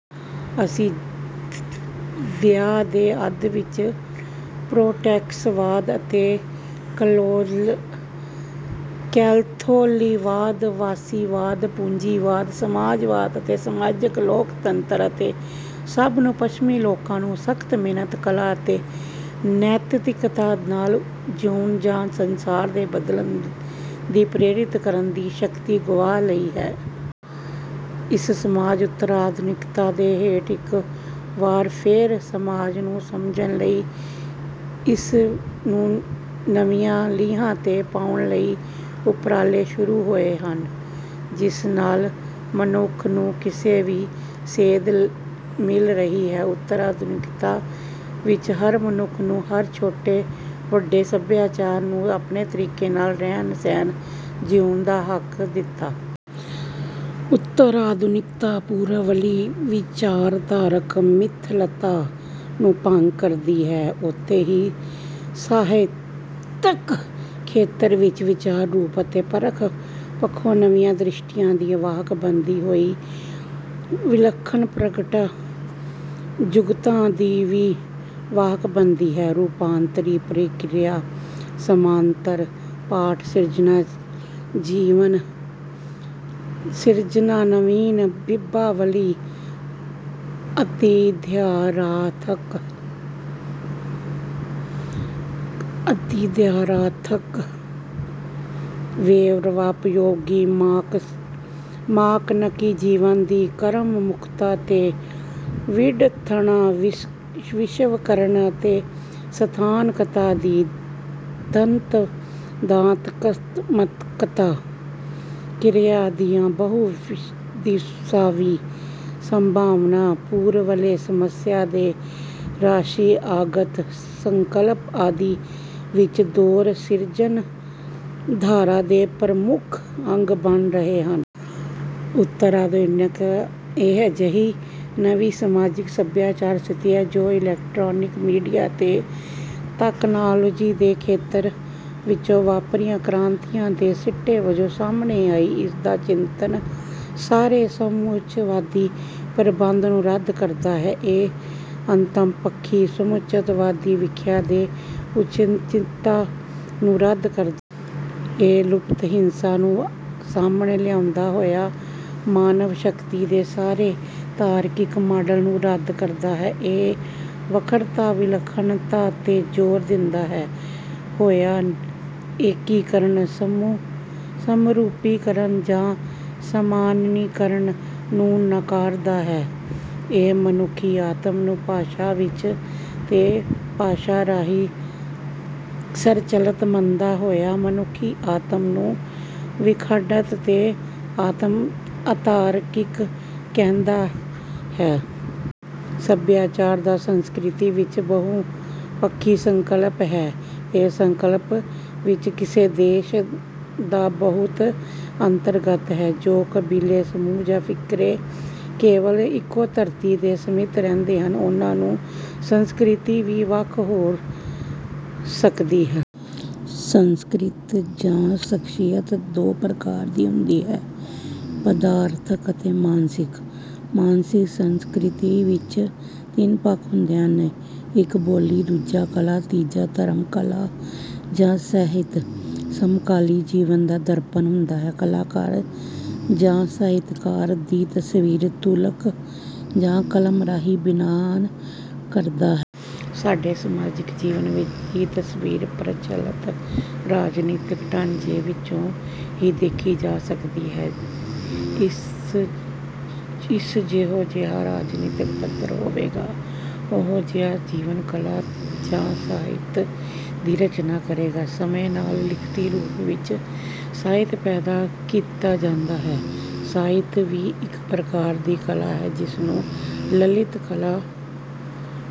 ਅੱਸੀ ਵਿਆਂ ਦੇ ਅੱਧ ਤੱਕ ਪ੍ਰੋਟੈਸਟਵਾਦ ਅਤੇ ਕੈਖੋਲਿਨਵਾਦ, ਫਾਸੀਵਾਦ-ਪੂੰਜੀਵਾਦ, ਸਮਾਜਵਾਦ ਅਤੇ ਸਮਾਜਕ ਲੋਕਤੰਤਰ ਆਦਿ ਸਭ ਨੂੰ ਪੱਛਮੀ ਲੋਕਾਂ ਨੂੰ ਸਖਤ ਮਿਹਨਤ ਕਲਾ, ਨੈਤਿਕਤਾ ਨਾਲ ਜਿਉਣ ਜਾਂ ਸੰਸਾਰ ਨੂੰ ਬਦਲਣ ਦੀ ਪ੍ਰੇਰਿਤ ਕਰਨ ਦੀ ਸ਼ਕਤੀ ਗੁਆ ਲਈ ਹੈ। ਇਸ ਤਰਾਂ ਉਤਰ-ਆਧੁਨਿਕਤਾ ਦੇ ਹੇਠ ਇੱਕ ਵਾਰ ਫੇਰ ਸਮਾਜ ਨੂੰ ਸਮਝਣ ਅਤੇ ਇਸ ਨੂੰ ਨਵੀਆਂ ਲੀਹਾਂ ਤੇ ਪਾਉਣ ਲਈ ਉਪਰਾਲੇ ਸ਼ੁਰੁ ਹੋਏ ਹਨ ਜਿਸ ਨਾਲ ਮਨੁੱਖ ਨੂੰ ਇੱਕ ਨਵੀ ਸੇਧ ਮਿਲ ਰਹੀ ਹੈ, ਉਤਰ-ਆਧੁਨਿਕਤਾ ਵਿੱਚ ਹਰ ਮਨੁੱਖ ਨੂੰ, ਹਰ ਛੋਟੇ-ਵੱਡੇ ਸਭਿਆਚਾਰ ਨੂੰ ਆਪਣੇ ਤਰੀਕੇ ਨਾਲ ਰਹਿਣ-ਸਹਿਣ ਜਿਊਣ ਦਾ ਹੱਕ ਦਿੱਤਾ ਹੈ। ਉਤਰ ਆਧੁਨਿਕਤਾ ਪੂਰਵਲੀ ਵਿਚਾਰਧਾਰਕ ਮਿਥਲਤਾ ਨੂੰ ਭੰਗ ਕਰਦੀ ਹੈ ਉਥੇ ਹੀ ਸਾਹਿਤਕ ਖੇਤਰ ਵਿੱਚ ਵਿਚਾਰ ਰੂਪ ਅਤੇ ਪਰਖ ਪੱਖੋ ਨਵੀਆਂ ਦ੍ਰਿਸ਼ਟੀਆਂ ਦੀ ਵਾਹਕ ਬਣਦੀ ਹੋਈ, ਵਿਲੱਖਣ ਪ੍ਰਗਟਾ-ਜੁਗਤਾਂ ਦੀ ਵੀ ਵਾਹਕ ਬਣਦੀ ਹੈ। ਰੂਪਾਂਤਰੀ ਪ੍ਰਕਿਰਿਆ, ਸਮਾਂਨਤਰ ਪਾਠ ਸਿਰਜਣਾ, ਨਵੀਨ ਬਿੰਬਾਵਲੀ, ਅਤਿਯਥਾਰਥਕ ਵੇਰਵੇ, ਉਪਭੋਗੀ, ਮਕਾਨਕੀ ਜੀਵਨ ਦੀ ਕਰਮਮੁਖਤਾ ਤੇ ਵਿਡੰਬਣਾ ਵਿਸ਼ਵੀਕਰਨ ਤੇ ਸਥਾਨਕਤਾ ਦੀ ਦਵੰਦਾਤਮਕਤਾ, ਕਿਰਿਆ ਦੀਆਂ ਬਹੁ-ਦਿਸ਼ਾਵੀ ਸੰਭਾਵਨਾਵਾਂ, ਪੂਰਵਲੇ ਸਮਿਆਂ ਦੇ ਹਾਸ਼ੀਆਗਤ ਸੰਕਲਪ ਆਦਿ ਇਸ ਦੋਰ ਦੀ ਸਿਰਜਣਧਾਰਾ ਦੇ ਪ੍ਰਮੁੱਖ ਅੰਗ ਬਣ ਰਹੇ ਹਨ। ਉਤਰ-ਆਧੁਨਿਕਤਾ ਇੱਕ ਅਜਿਹੀ ਨਵੀ ਸਮਾਜਿਕ ਸਭਿਆਚਾਰ ਸਥਿਤੀ ਹੈ ਜੋ ਇਲੈਕਟ੍ਰਾਨਿਕ ਮੀਡੀਆ ਤੇ ਤਕਨਾਲੋਜੀ ਦੇ ਖੇਤਰ ਵਿੱਚੋ ਵਾਪਰੀਆਂ ਕ੍ਰਾਂਤੀਆਂ ਦੇ ਸਿੱਟੇ ਵੱਜੋ ਸਾਹਮਣੇ ਆਈ। ਇਸਦਾ ਚਿੰਤਨ ਸਾਰੇ ਸਮੁੱਚਤਾਵਾਦੀ ਪ੍ਰਬੰਧ ਨੂੰ ਰੱਦ ਕਰਦਾ ਹੈ, ਇਹ ਅਤਿੰਮਪੱਖੀ ਸਮੁੱਚਤਾਵਾਦੀ ਵਿਆਖਿਆ ਦੀ ਉਚਿਤਤਾ ਨੂੰ ਰੱਦ ਕਰਦਾ ਹੈ। ਇਹ ਲੁਪਤ ਹਿੰਸਾ ਨੂੰ ਸਾਹਮਣੇ ਲਿਆਉਦਾ ਹੋਇਆ ਮਾਨਵ ਸ਼ਕਤੀ ਦੇ ਸਾਰੇ ਤਾਰਕਿਕ ਮਾਡਲਾਂ ਨੂੰ ਰੱਦ ਕਰਦਾ ਹੈ। ਇਹ ਵੱਖਰਤਾ, ਵਿਲੱਖਣਤਾ ਤੇ ਜੋ਼ਰ ਦਿੰਦਾ ਹੋਇਆ ਏਕੀਕਰਨ ਸਮਰੂਪੀਕਰਨ ਜਾਂ ਸਮਾਨੀਕਰਨ ਨੂੰ ਨਕਾਰਦਾ ਹੈ। ਇਹ ਮਨੁੱਖੀ ਆਤਮ ਨੂੰ ਭਾਸ਼ਾ ਵਿੱਚ ਤੇ ਭਾਸ਼ਾ ਰਾਂਹੀ ਸੰਰਚਲਤ ਮੰਨਦਾ ਹੋਇਆ ਮਨੁੱਖੀ ਆਤਮ ਨੂੰ ਵਿਖੰਡਤ ਤੇ ਅਤਾਰਕਿਕ ਕਹਿੰਦਾ ਹੈ। ਸੱਭਿਆਚਾਰ ਜਾਂ ਸੰਸਕ੍ਰਿਤੀ ਇਕ ਬਹੁਪੱਖੀ ਸੰਕਲਪ ਹੈ। ਇਸ ਸੰਕਲਪ ਵਿੱੱਚ ਕਿਸੇ ਦੇਸ਼ ਦਾ ਬਹੁਤ ਅੰਤਰਗਤ ਹੈ। ਜੋ ਕਬੀਲੇ, ਸਮੂਹ ਜਾਂ ਫ਼ਿਰਕੇ ਕੇਵਲ ਇੱਕੋ ਧਰਤੀ ਤੇ ਸੀਮਿਤ ਰਹਿੰਦੇ ਹਨ ਉਹਨਾਂ ਦੀ ਸੰਸਕ੍ਰਿਤੀ ਵੀ ਵੱਖ ਹੋ ਸਕਦੀ ਹੈ। ਸੰਸਕ੍ਰਿਤ ਜਾਂ ਸ਼ਖਸੀਅਤ ਦੋ ਪ੍ਰਕਾਰ ਦੀ ਹੁੰਦੀ ਹੈ। ਪਦਾਰਥਕ ਤੇ ਮਾਨਸਿਕ। ਮਾਨਸਿਕ ਸੰਸਕ੍ਰਿਤੀ ਵਿੱਚ ਤਿੰਨ ਪੱਖ ਆਉਦੇਂ ਹਨ। ਇੱਕ ਬੋਲੀ, ਦੂਜਾ ਕਲਾ, ਤੀਜਾ ਧਰਮ। ਕਲਾ ਜਾਂ ਸਾਹਿਤ ਸਮਕਾਲੀ ਜੀਵਨ ਦਾ ਦਰਪਣ ਹੁੰਦਾ ਹੈ। ਕਲਾਕਾਰ ਜਾਂ ਸਾਹਿਤਕਾਰ ਦੀ ਤਸਵੀਰ ਤੂਲਕ ਜਾਂ ਕਲਮ ਰਾਂਹੀ ਬਿਆਨ ਕਰਦਾ ਹੈ। ਸਾਡੇ ਸਮਾਜਿਕ ਜੀਵਨ ਦੀ ਤਸਵੀਰ ਪ੍ਰਚਲਤ ਰਾਜਨੀਤਿਕ ਢਾਂਚੇ ਵਿੱਚੋਂ ਹੀ ਦੇਖੀ ਜਾ ਸਕਦੀ ਹੈ ਇਸ ਜਿਹੋ ਜਿਹਾ ਰਾਜਨੀਤਿਕ ਪੱਧਰ ਹੋਵੇਗਾ, ਉਹੋ ਜਿਹਾ ਜੀਵਨ, ਕਲਾ ਜਾਂ ਸਾਹਿਤ ਦੀ ਰਚਨਾ ਕਰੇਗਾ। ਸਮੇ ਨਾਲ ਲਿਖਤੀ ਰੂਪ ਵਿੱਚ ਸਾਹਿਤ ਪੈਦਾ ਕੀਤਾ ਜਾਂਦਾ ਹੈ। ਸਾਹਿਤ ਵੀ ਇੱਕ ਪ੍ਰਕਾਰ ਦੀ ਕਲਾ ਹੈ, ਜਿਸਨੂੰ ਲਲਿਤ ਕਲਾ...